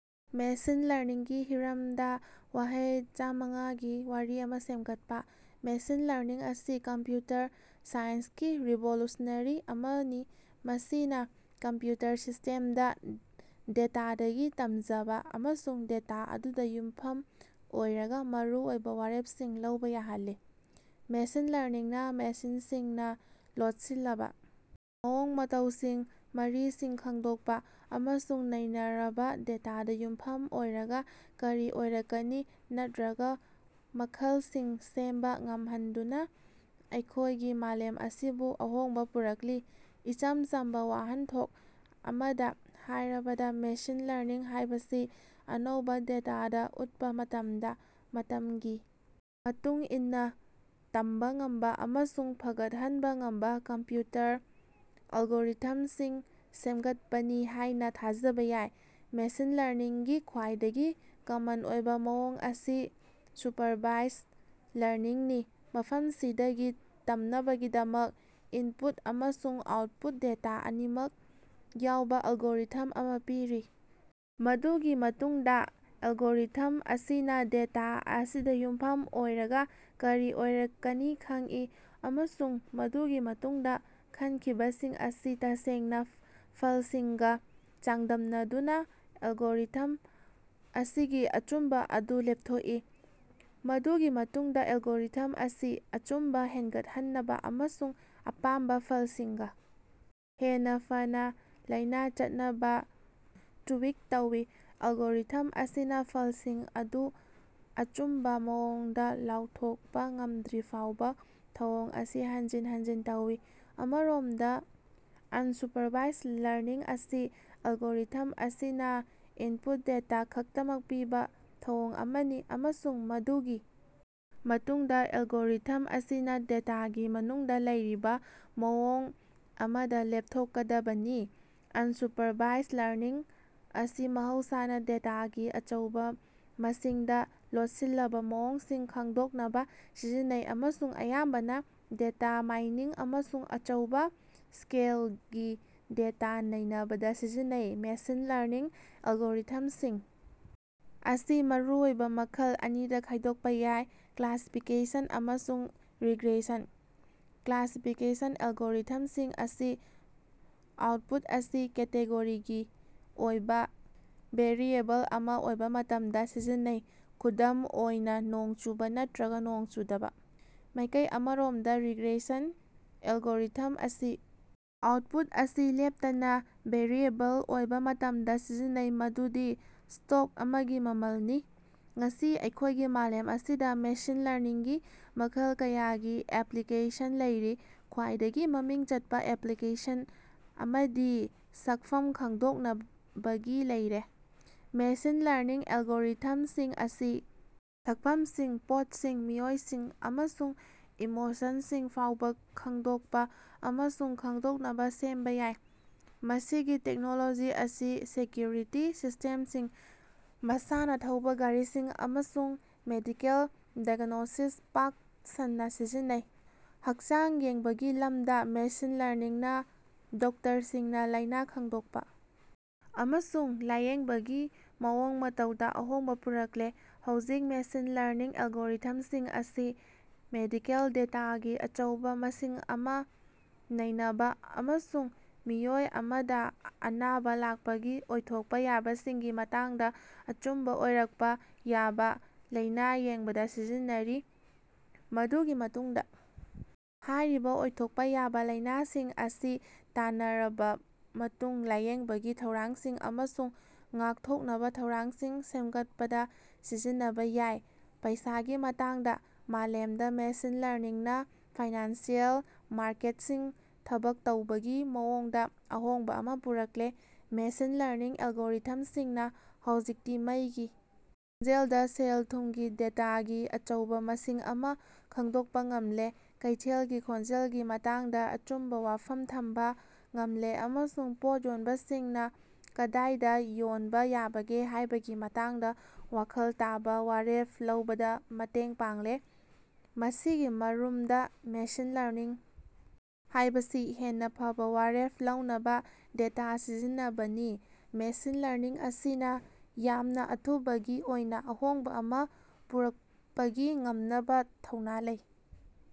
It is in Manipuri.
ꯃꯦꯁꯤꯟ ꯂꯔꯅꯤꯡꯒꯤ ꯍꯤꯔꯝꯗ ꯋꯥꯍꯩ ꯆꯝꯃꯉꯥꯒꯤ ꯋꯥꯔꯤ ꯑꯃ ꯁꯦꯝꯒꯠꯄ꯫ ꯃꯦꯁꯤꯟ ꯂꯔꯅꯤꯡ ꯑꯁꯤ ꯀꯝꯄ꯭ꯌꯨꯇꯔ ꯁꯥꯏꯟꯁꯀꯤ ꯔꯤꯚꯣꯂꯨꯁꯅꯔꯤ ꯑꯃꯅꯤ ꯃꯁꯤꯅꯥ ꯀꯝꯄ꯭ꯌꯨꯇꯔ ꯁꯤꯁꯇꯦꯝꯁꯤꯡꯗ ꯗꯦꯇꯥꯗꯒꯤ ꯇꯝꯖꯕ ꯑꯃꯁꯨꯡ ꯗꯦꯇꯥ ꯑꯗꯨꯗ ꯌꯨꯝꯐꯝ ꯑꯣꯏꯔꯒ ꯃꯔꯨꯑꯣꯏꯕ ꯋꯥꯔꯦꯞꯁꯤꯡ ꯂꯧꯕꯥ ꯌꯥꯍꯜꯂꯤ꯫ ꯃꯦꯁꯤꯟ ꯂꯔꯅꯤꯡꯅ ꯃꯦꯁꯤꯟꯁꯤꯡꯅ ꯂꯣꯠꯁꯤꯜꯂꯕꯥ ꯃꯑꯣꯡ ꯃꯇꯧꯁꯤꯡ ꯃꯔꯤꯁꯤꯡ ꯈꯡꯗꯣꯛꯄ ꯑꯃꯁꯨꯡ ꯅꯩꯅꯔꯕ ꯗꯦꯇꯥꯗ ꯌꯨꯝꯐꯝ ꯑꯣꯏꯔꯒ ꯀꯔꯤ ꯑꯣꯏꯔꯛꯀꯅꯤ ꯅꯠꯔꯒ ꯃꯈꯜꯁꯤꯡ ꯁꯦꯝꯕ ꯉꯝꯍꯟꯗꯨꯅ ꯑꯩꯈꯣꯢꯒꯤ ꯃꯥꯂꯦꯝ ꯑꯁꯤꯕꯨ ꯑꯍꯣꯡꯕ ꯄꯨꯔꯛꯂꯤ꯫ ꯏꯆꯝ ꯆꯝꯕ ꯋꯥꯍꯟꯊꯣꯛ ꯑꯃꯗ ꯍꯥꯢꯔꯕꯗ ꯃꯦꯁꯤꯟ ꯂꯔꯅꯤꯡ ꯍꯥꯢꯕꯁꯤ ꯑꯅꯧꯕ ꯗꯦꯇꯥꯗ ꯎꯠꯄ ꯃꯇꯝꯗ ꯃꯇꯝꯒꯤ ꯃꯇꯨꯡ ꯏꯟꯅ ꯇꯝꯕ ꯉꯝꯕ ꯑꯃꯁꯨꯡ ꯐꯒꯠꯍꯟꯕ ꯉꯝꯕ ꯀꯝꯄ꯭ꯌꯨꯇꯔ ꯑꯦꯂꯒꯣꯔꯤꯊꯝꯁꯤꯡ ꯁꯦꯝꯒꯠꯄꯅꯤ ꯍꯥꯢꯅ ꯊꯥꯖꯕ ꯌꯥꯏ꯫ ꯃꯦꯁꯤꯟ ꯂꯔꯅꯤꯡꯒꯤ ꯈ꯭ꯋꯥꯏꯗꯒꯤ ꯀꯃꯟ ꯑꯣꯏꯕ ꯃꯑꯣꯡ ꯑꯁꯤ ꯁꯨꯄꯔꯚꯥꯏꯖ ꯂꯔꯅꯤꯡꯅꯤ ꯃꯐꯝꯁꯤꯗꯒꯤ ꯇꯝꯅꯕꯒꯤꯗꯃꯛ ꯏꯅꯄꯨꯠ ꯑꯃꯁꯨꯡ ꯑꯥꯎꯠꯄꯨꯠ ꯗꯦꯇꯥ ꯑꯅꯤꯃꯛ ꯌꯥꯎꯕ ꯑꯦꯂꯒꯣꯔꯤꯊꯝ ꯑꯃ ꯄꯤꯔꯤ꯫ ꯃꯗꯨꯒꯤ ꯃꯇꯨꯡꯗ ꯑꯦꯂꯒꯣꯔꯤꯊꯝ ꯑꯁꯤꯅ ꯗꯦꯇꯥ ꯑꯁꯤꯗ ꯌꯨꯝꯐꯝ ꯑꯣꯏꯔꯒ ꯀꯔꯤ ꯑꯣꯏꯔꯛꯀꯅꯤ ꯈꯪꯏ ꯑꯃꯁꯨꯡ ꯃꯗꯨꯒꯤ ꯃꯇꯨꯡꯗ ꯈꯟꯈꯤꯕꯁꯤꯡ ꯑꯁꯤ ꯇꯁꯦꯡꯕ ꯐꯜꯁꯤꯡꯒ ꯆꯥꯡꯗꯝꯅꯗꯨꯅ ꯑꯦꯂꯒꯣꯔꯤꯊꯝ ꯑꯁꯤꯒꯤ ꯑꯆꯨꯝꯕ ꯑꯗꯨ ꯂꯦꯞꯊꯣꯛꯏ꯫ ꯃꯗꯨꯒꯤ ꯃꯇꯨꯡꯗ ꯑꯦꯂꯒꯣꯔꯤꯊꯝ ꯑꯁꯤ ꯑꯆꯨꯝꯕ ꯍꯦꯟꯒꯠꯍꯟꯅꯕ ꯑꯃꯁꯨꯡ ꯑꯄꯥꯝꯕ ꯐꯜꯁꯤꯡꯒ ꯍꯦꯟꯅ ꯐꯅ ꯂꯥꯏꯅ ꯆꯠꯅꯕ ꯇ꯭ꯌꯨꯏꯛ ꯇꯧꯏ꯫ ꯑꯦꯂꯒꯣꯔꯤꯊꯝ ꯑꯁꯤꯅꯥ ꯐꯜꯁꯤꯡ ꯑꯗꯨ ꯑꯆꯨꯝꯕ ꯃꯑꯣꯡꯗ ꯂꯥꯎꯊꯣꯛꯄ ꯉꯝꯗ꯭ꯔꯤꯐꯥꯎꯕ ꯊꯧꯑꯣꯡ ꯑꯁꯤ ꯍꯟꯖꯤꯟ ꯍꯟꯖꯤꯟ ꯇꯧꯏ꯫ ꯑꯃꯔꯣꯝꯗ ꯑꯟꯁꯨꯄꯔꯚꯥꯏꯖ ꯂꯔꯅꯤꯡ ꯑꯁꯤ ꯑꯦꯂꯒꯣꯔꯤꯊꯝ ꯑꯁꯤꯅ ꯏꯟꯄꯨꯠ ꯗꯦꯇꯥ ꯈꯛꯇꯃꯛ ꯄꯤꯕꯥ ꯊꯧꯑꯣꯡ ꯑꯃꯅꯤ ꯑꯃꯁꯨꯡ ꯃꯗꯨꯒꯤ ꯃꯇꯨꯡꯗ ꯑꯦꯂꯒꯣꯔꯤꯊꯝ ꯑꯁꯤꯅ ꯗꯦꯇꯥꯒꯤ ꯃꯅꯨꯡꯗ ꯂꯩꯔꯤꯕ ꯃꯑꯣꯡ ꯑꯃꯗ ꯂꯦꯞꯊꯣꯛꯀꯗꯕꯅꯤ꯫ ꯑꯅꯁꯨꯄꯔꯚꯥꯏꯖ ꯂꯔꯅꯤꯡ ꯑꯁꯤ ꯃꯍꯧꯁꯥꯅꯥ ꯗꯦꯇꯥꯒꯤ ꯑꯆꯧꯕꯥ ꯃꯁꯤꯡꯗ ꯂꯣꯠꯁꯤꯜꯂꯕ ꯃꯑꯣꯡꯁꯤꯡ ꯈꯡꯗꯣꯛꯅꯕꯥ ꯁꯤꯖꯤꯟꯅꯩ ꯑꯃꯁꯨꯡ ꯑꯌꯥꯝꯕꯅ ꯗꯦꯇꯥ ꯃꯥꯏꯅꯤꯡ ꯑꯃꯁꯨꯡ ꯑꯆꯧꯕꯥ ꯁ꯭ꯀꯦꯜꯒꯤ ꯗꯦꯇꯥ ꯅꯩꯅꯕꯗ ꯁꯤꯖꯤꯟꯅꯩ꯫ ꯃꯦꯁꯤꯟ ꯂꯔꯅꯤꯡ ꯑꯦꯂꯒꯣꯔꯤꯊꯝꯁꯤꯡ ꯑꯁꯤ ꯃꯔꯨꯑꯣꯏꯕ ꯃꯈꯜ ꯑꯅꯤꯗ ꯈꯥꯢꯗꯣꯛꯄ ꯌꯥꯏ ꯀ꯭ꯂꯥꯁꯐꯤꯀꯦꯁꯟ ꯑꯃꯁꯨꯡ ꯔꯤꯒ꯭ꯔꯦꯁꯟ꯫ ꯀ꯭ꯂꯥꯁꯤꯐꯤꯀꯦꯁꯟ ꯑꯦꯂꯒꯣꯔꯤꯊꯝꯁꯤꯡ ꯑꯁꯤ ꯑꯥꯎꯠꯄꯨꯠ ꯑꯁꯤ ꯀꯦꯇꯦꯒꯣꯔꯤꯒꯤ ꯑꯣꯏꯕꯥ ꯚꯦꯔꯤꯑꯦꯕꯜ ꯑꯃ ꯑꯣꯏꯕ ꯃꯇꯝꯗ ꯁꯤꯖꯤꯟꯅꯩ ꯈꯨꯗꯝ ꯑꯣꯏꯅꯥ ꯅꯣꯡ ꯆꯨꯕꯥ ꯅꯠꯇ꯭ꯔꯒ ꯅꯣꯡ ꯆꯨꯗꯕꯥ꯫ ꯃꯥꯢꯀꯩ ꯑꯃꯔꯣꯝꯗ ꯔꯤꯒ꯭ꯔꯦꯁꯟ ꯑꯦꯂꯒꯣꯔꯤꯊꯝꯁꯤꯡ ꯑꯁꯤ ꯑꯥꯎꯠꯄꯨꯠ ꯑꯁꯤ ꯂꯦꯞꯇꯅ ꯚꯦꯔꯤꯑꯦꯕꯜ ꯑꯣꯏꯕ ꯃꯇꯝꯗ ꯁꯤꯖꯤꯟꯅꯩ ꯃꯗꯨꯗꯤ ꯁ꯭ꯇꯣꯛ ꯑꯃꯒꯤ ꯃꯃꯜꯅꯤ꯫ ꯉꯁꯤ ꯑꯩꯈꯣꯢꯒꯤ ꯃꯥꯂꯦꯝ ꯑꯁꯤꯗ ꯃꯦꯁꯤꯟ ꯂꯔꯅꯤꯡꯒꯤ ꯃꯈꯜ ꯀꯌꯥꯒꯤ ꯑꯦꯞꯄ꯭ꯂꯤꯀꯦꯁꯟ ꯂꯩꯔꯦ꯫ ꯈ꯭ꯋꯥꯏꯗꯒꯤ ꯃꯃꯤꯡ ꯆꯠꯄ ꯑꯦꯞꯄ꯭ꯂꯤꯀꯦꯁꯟ ꯑꯃꯗꯤ ꯁꯛꯐꯝ ꯈꯪꯗꯣꯛꯅꯕꯒꯤ ꯂꯩꯔꯦ꯫ ꯃꯦꯁꯤꯟ ꯂꯔꯅꯤꯡ ꯑꯦꯂꯒꯣꯔꯤꯊꯝꯁꯤꯡ ꯑꯁꯤ ꯁꯛꯐꯝꯁꯤꯡ ꯄꯣꯠꯁꯤꯡ ꯃꯤꯑꯣꯏꯁꯤꯡ ꯑꯃꯁꯨꯡ ꯏꯃꯣꯁꯟꯁꯤꯡ ꯐꯥꯎꯕ ꯈꯡꯗꯣꯛꯄ ꯑꯃꯁꯨꯡ ꯈꯡꯗꯣꯛꯅꯕ ꯁꯦꯝꯕ ꯌꯥꯏ꯫ ꯃꯁꯤꯒꯤ ꯇꯦꯛꯅꯣꯂꯣꯖꯤ ꯑꯁꯤ ꯁꯦꯀ꯭ꯌꯨꯔꯤꯇꯤ ꯁꯤꯁꯇꯦꯝꯁꯤꯡ ꯃꯁꯥꯅ ꯊꯧꯕꯥ ꯒꯥꯔꯤꯁꯤꯡ ꯑꯃꯁꯨꯡ ꯃꯦꯗꯤꯀꯦꯜ ꯗꯥꯏꯒꯅꯣꯁꯤꯁꯇ ꯄꯥꯛ ꯁꯟꯅ ꯁꯤꯖꯤꯟꯅꯩ꯫ ꯍꯛꯆꯥꯡ ꯌꯦꯡꯕꯒꯤ ꯂꯝꯗ ꯃꯦꯁꯤꯟ ꯂꯔꯅꯤꯡꯅ ꯗꯣꯛꯇꯔꯁꯤꯡꯅ ꯂꯥꯢꯅ ꯈꯡꯗꯣꯛꯄ ꯑꯃꯁꯨꯡ ꯂꯥꯌꯦꯡꯕꯒꯤ ꯃꯑꯣꯡ ꯃꯇꯧꯗ ꯑꯍꯣꯡꯕ ꯄꯨꯔꯛꯂꯦ꯫ ꯍꯧꯖꯤꯛ ꯃꯦꯁꯤꯟ ꯂꯔꯅꯤꯡ ꯑꯦꯂꯒꯣꯔꯤꯊꯝꯁꯤꯡ ꯑꯁꯤ ꯃꯦꯗꯤꯀꯦꯜ ꯗꯦꯇꯥꯒꯤ ꯑꯆꯧꯕ ꯃꯁꯤꯡ ꯑꯃ ꯅꯩꯅꯕ ꯑꯃꯁꯨꯡ ꯃꯤꯑꯣꯏ ꯑꯃꯗ ꯑꯅꯥꯕ ꯂꯥꯛꯄꯒꯤ ꯑꯣꯏꯊꯣꯛꯄ ꯌꯥꯕꯁꯤꯡꯒꯤ ꯃꯇꯥꯡꯗ ꯑꯆꯨꯝꯕ ꯑꯣꯏꯔꯛꯄ ꯌꯥꯕ ꯂꯩꯅ ꯌꯦꯡꯕꯗ ꯁꯤꯖꯤꯟꯅꯔꯤ꯫ ꯃꯗꯨꯒꯤ ꯃꯇꯨꯡꯗ ꯍꯥꯢꯔꯤꯕ ꯑꯣꯏꯊꯣꯛꯄ ꯌꯥꯕ ꯂꯩꯅꯁꯤꯡ ꯑꯁꯤ ꯇꯥꯟꯅꯔꯕ ꯃꯇꯨꯡ ꯂꯥꯌꯦꯡꯕꯒꯤ ꯊꯧꯔꯥꯡꯁꯤꯡ ꯑꯃꯁꯨꯡ ꯉꯥꯛꯊꯣꯛꯅꯕ ꯊꯧꯔꯥꯡꯁꯤꯡ ꯁꯦꯝꯒꯠꯄꯗ ꯁꯤꯖꯤꯟꯅꯕꯥ ꯌꯥꯢ꯫ ꯄꯩꯁꯥꯒꯤ ꯃꯇꯥꯡꯗ ꯃꯥꯂꯦꯝꯗ ꯃꯦꯁꯤꯟ ꯂꯔꯅꯤꯡꯅ ꯐꯥꯏꯅꯥꯟꯁꯤꯑꯦꯜ ꯃꯥꯔꯀꯦꯠꯁꯤꯡ ꯊꯕꯛ ꯇꯧꯕꯒꯤ ꯃꯑꯣꯡꯗ ꯑꯍꯣꯡꯕ ꯑꯃ ꯄꯨꯔꯛꯂꯦ꯫ ꯃꯦꯁꯤꯟ ꯂꯔꯅꯤꯡ ꯑꯦꯂꯒꯣꯔꯤꯊꯝꯁꯤꯡꯅ ꯍꯧꯖꯤꯛꯇꯤ ꯃꯩꯒꯤ ꯈꯣꯡꯖꯦꯜꯗ ꯁꯦꯜ-ꯊꯨꯝꯒꯤ ꯗꯦꯇꯥꯒꯤ ꯑꯆꯧꯕ ꯃꯁꯤꯡ ꯑꯃ ꯈꯪꯗꯣꯛꯄ ꯉꯝꯂꯦ ꯀꯩꯊꯦꯜꯒꯤ ꯈꯣꯡꯖꯦꯜꯒꯤ ꯃꯇꯥꯡꯗ ꯑꯆꯨꯝꯕ ꯋꯥꯐꯝ ꯊꯝꯕ ꯉꯝꯂꯦ ꯑꯃꯁꯨꯡ ꯄꯣꯠ ꯌꯣꯟꯕꯁꯤꯡꯅ ꯀꯗꯥꯏꯗ ꯌꯣꯟꯕ ꯌꯥꯕꯒꯦ ꯍꯥꯢꯕꯒꯤ ꯃꯇꯥꯡꯗ ꯋꯥꯈꯜ ꯇꯥꯕ ꯋꯥꯔꯦꯞ ꯂꯧꯕꯗ ꯃꯇꯦꯡ ꯄꯥꯡꯂꯦ꯫ ꯃꯁꯤꯒꯤ ꯃꯔꯨꯝꯗ ꯃꯦꯁꯤꯟ ꯂꯔꯅꯤꯡ ꯍꯥꯢꯕꯁꯤ ꯍꯦꯟꯅ ꯐꯕ ꯋꯥꯔꯦꯞ ꯂꯧꯅꯕ ꯗꯦꯇꯥ ꯁꯤꯖꯤꯟꯅꯕꯅꯤ꯫ ꯃꯦꯁꯤꯟ ꯂꯔꯅꯤꯡ ꯑꯁꯤꯅ ꯌꯥꯝꯅ ꯑꯊꯨꯕꯒꯤ ꯑꯣꯏꯅ ꯑꯍꯣꯡꯕ ꯑꯃ ꯄꯨꯔꯛꯄꯒꯤ ꯉꯝꯅꯕ ꯊꯧꯅ ꯂꯩ꯫